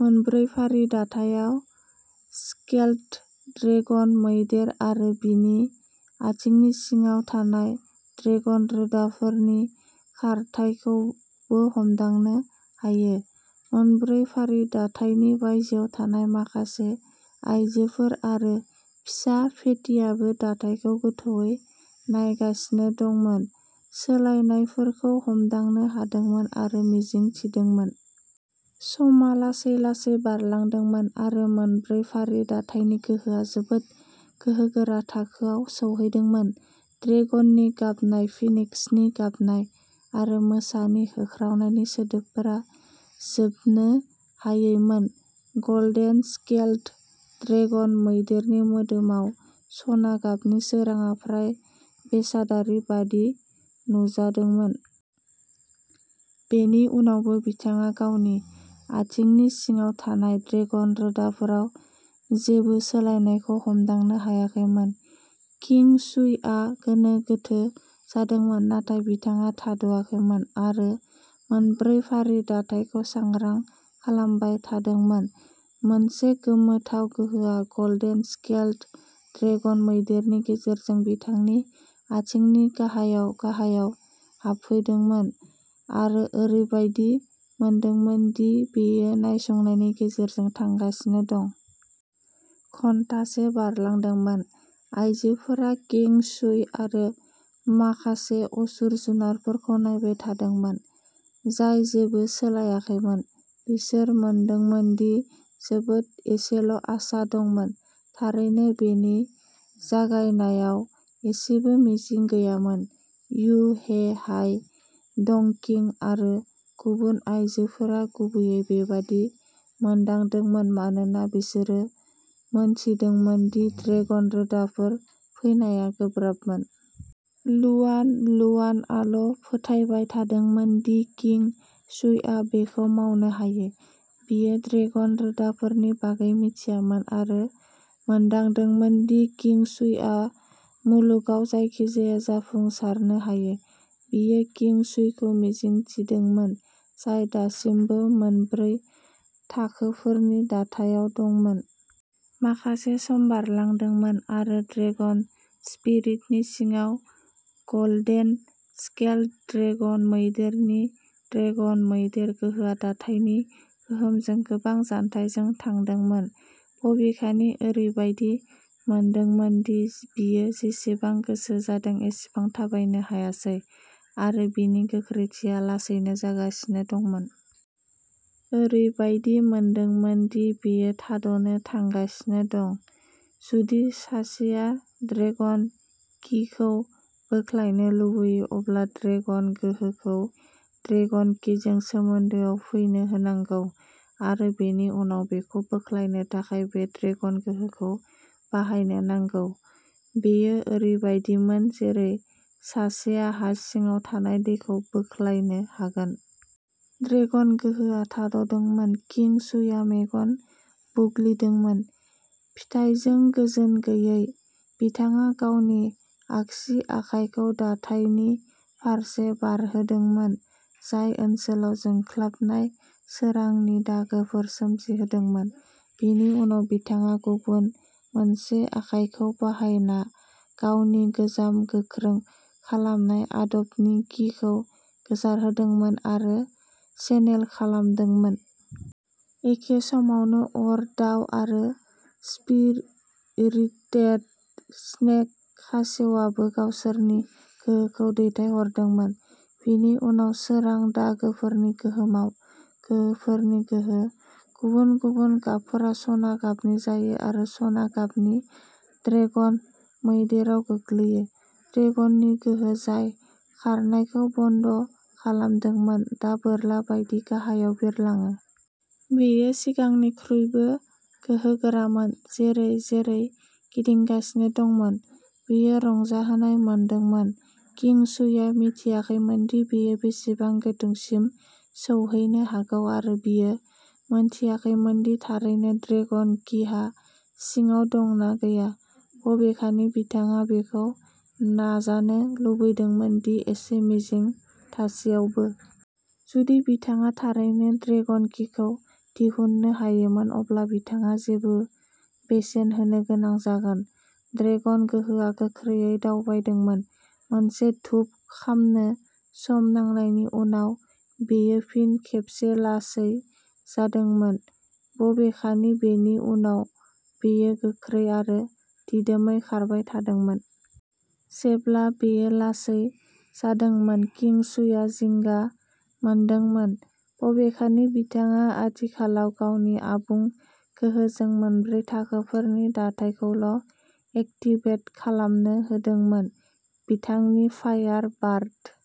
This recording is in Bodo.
मोनब्रै फारि दाथायाव स्केल्ड ड्रेगन मैदेर आरो बिनि आथिंनि सिङाव थानाय'ड्रेगन रोदाफोरनि खारथाइखौबो हमदांनो हायो। मोनब्रै फारि दाथायनि बायजोआव थानाय माखासे आइजोफोर आरो फिसा फेटिआबो दाथायखौ गोथौवै नायगासिनो दंमोन, सोलायनायफोरखौ हमदांनो हादोंमोन आरो मिजिं थिदोंमोन। समआ लासै लासै बारलांदोंमोन आरो मोनब्रै फारि दाथायनि गोहोआ जोबोद गोहोगोरा थाखोआव सौहैदोंमोन। ड्रेगननि गाबनाय फिनिक्सनि गाबनाय आरो मोसानि होख्रावनायनि सोदोबफोरा जोबनो हायैमोन। गल्डेन स्केल्ड ड्रेगन मैदेरनि मोदोमाव सना गाबनि सोरांआ फ्राय बेसादारि बायदि नुजादोंमोन। बेनि उनावबो, बिथाङा गावनि आथिंनि सिङाव थानाय'ड्रेगन रोदा'फोराव जेबो सोलायनायखौ हमदांनो हायाखैमोन। किं शुईआ गोनो गोथो जादोंमोन नाथाय बिथाङा थाद'थायाखैमोन आरो मोनब्रै फारि दाथायखौ सांग्रां खालामबाय थादोंमोन। मोनसे गोमोथाव गोहोआ गल्डेन स्केल्ड ड्रेगन मैदेरनि गेजेरजों बिथांनि आथिंनि गाहायाव गाहायाव हाबफैदोंमोन आरो ओरैबायदि मोनदोंमोन दि बेयो नायसंनायनि गेजेरजों थांगासिनो दं। घन्टासे बारलांदोंमोन। आइजोफोरा किं शुइ आरो माखासे आसुर जुनारफोरखौ नायबाय थादोंमोन, जाय जेबो सोलायाखैमोन। बिसोर मोनदोंमोन दि जोबोद एसेल'आसा दंमोन। थारैनो, बेनि जागायनायाव एसेबो मिजिं गैयामोन। यु हे, हाय डंकिंग, आरो गुबुन आइजोफोरा गुबैयै बेबादि मोनदांदोंमोन मानोना बिसोरो मिथिदोंमोन दि ड्रेगन रोदाफोर फैनाया गोब्राबमोन। लुआन लुआनआल'फोथायबाय थादोंमोन दि किं शुइआ बेखौ मावनो हायो। बियो ड्रेगन रोदाफोरनि बागै मिथियामोन आरो मोनदांदोंमोन दि किं शुइआ मुलुगाव जायखिजाया जाफुंसारनो हायो। बियो किं शुइखौ मिजिं थिदोंमोन, जाय दासिमबो मोनब्रै थाखोफोरनि दाथायाव दंमोन। माखासे सम बारलांदोंमोन आरो ड्रेगन स्पिरिटनि सिङाव, गोल्डेन स्केल्ड ड्रेगन मैदेरनि ड्रेगन मैदेर गोहोआ दाथायनि गोहोमजों गोबां जान्थायजों थांदोंमोन। बबेखानि, ओरैबायदि मोनदोंमोन दि बियो जेसेबां गोसो जादों एसेबां थाबायनो हायासै आरो बिनि गोख्रैथिया लासैनो जागासिनो दंमोन। ओरैबायदि मोनदोंमोन दि बेयो थाद'नो थांगासिनो दं। जुदि सासेया'ड्रेगन कि'खौ बोख्लायनो लुबैयो, अब्ला ड्रेगन गोहोखौ ड्रेगन कि'जों सोमोन्दोआव फैनो होनांगौ आरो बेनि उनाव बेखौ बोख्लायनो थाखाय बे ड्रेगन गोहोखौ बाहायनो नांगौ। बेयो ओरैबायदिमोन जेरै सासेया हा सिङाव थानाय दैखौ बोख्लायनो हागोन। ड्रेगन गोहोआ थाद'दोंमोन। किं शुईआ मेगन बुग्लिदोंमोन, फिथायजों गोजोन गैयै। बिथाङा गावनि आगसि आखायखौ दाथायनि फारसे बारहोदोंमोन, जाय ओनसोलाव जोंख्लाबनाय सोरांनि दागोफोर सोमजिहोदोंमोन। बिनि उनाव बिथाङा गुबुन मोनसे आखाइखौ बाहायना गावनि गोजाम गोख्रों खालामनाय आदबनि कि'खौ गोसारहोदोंमोन आरो चेनेल खालामदोंमोन। एखे समावनो, अर दाउ आरो स्पिरिटेड स्नेक खासेवाबो गावसोरनि गोहोखौ दैथायहरदोंमोन। बिनि उनाव, सोरां दागोफोरनि गोहोमाव, गोहोफोरनि गोहो। गुबुन-गुबुन गाबफोरा सना गाबनि जायो आरो सना गाबनि ड्रेगन मैदेराव गोग्लैयो। ड्रेगननि गोहो, जाय खारनायखौ बन्द खालामदोंमोन, दा बोरला बायदि गाहायाव बिरलाङो। बेयो सिगांनिख्रुइबो गोहोगोरामोन, जेरै-जेरै गिदिंगासिनो दंमोन। बेयो रंजाहोनाय मोनदोंमोन। किं शुईआ मिथियाखैमोनदि बेयो बेसेबां गोथौसिम सौहैनो हागौ आरो बियो मिथियाखैमोन दि थारैनो ड्रेगन कि हा सिङाव दं ना गैया। बबेखानि, बिथाङा बेखौ नाजानो लुबैदोंमोन, जुदि एसे मिजिं थासेयावबो। जुदि बिथाङा थारैनो ड्रेगन किखौ दिहुननो हायोमोन, अब्ला बिथाङा जेबो बेसेन होनो गोनां जागोन। ड्रेगन गोहोआ गोख्रैयै दावबायदोंमोन। मोनसे धूप खामनो सम नांनायनि उनाव, बेयो फिन खेबसे लासै जादोंमोन। बबेखानि, बेनि उनाव, बेयो गोख्रै आरो दिदोमै खारबाय थादोंमोन। जेब्ला बेयो लासै जादोंमोन, किं शुईआ जिंगा मोनदोंमोन। बबेखानि, बिथाङा आथिखालाव गावनि आबुं गोहोजों मोनब्रै थाखोफोरनि दाथायखौल' एक्टिभेट खालामनो हादोंमोन। बिथांनि फायार बार्ड।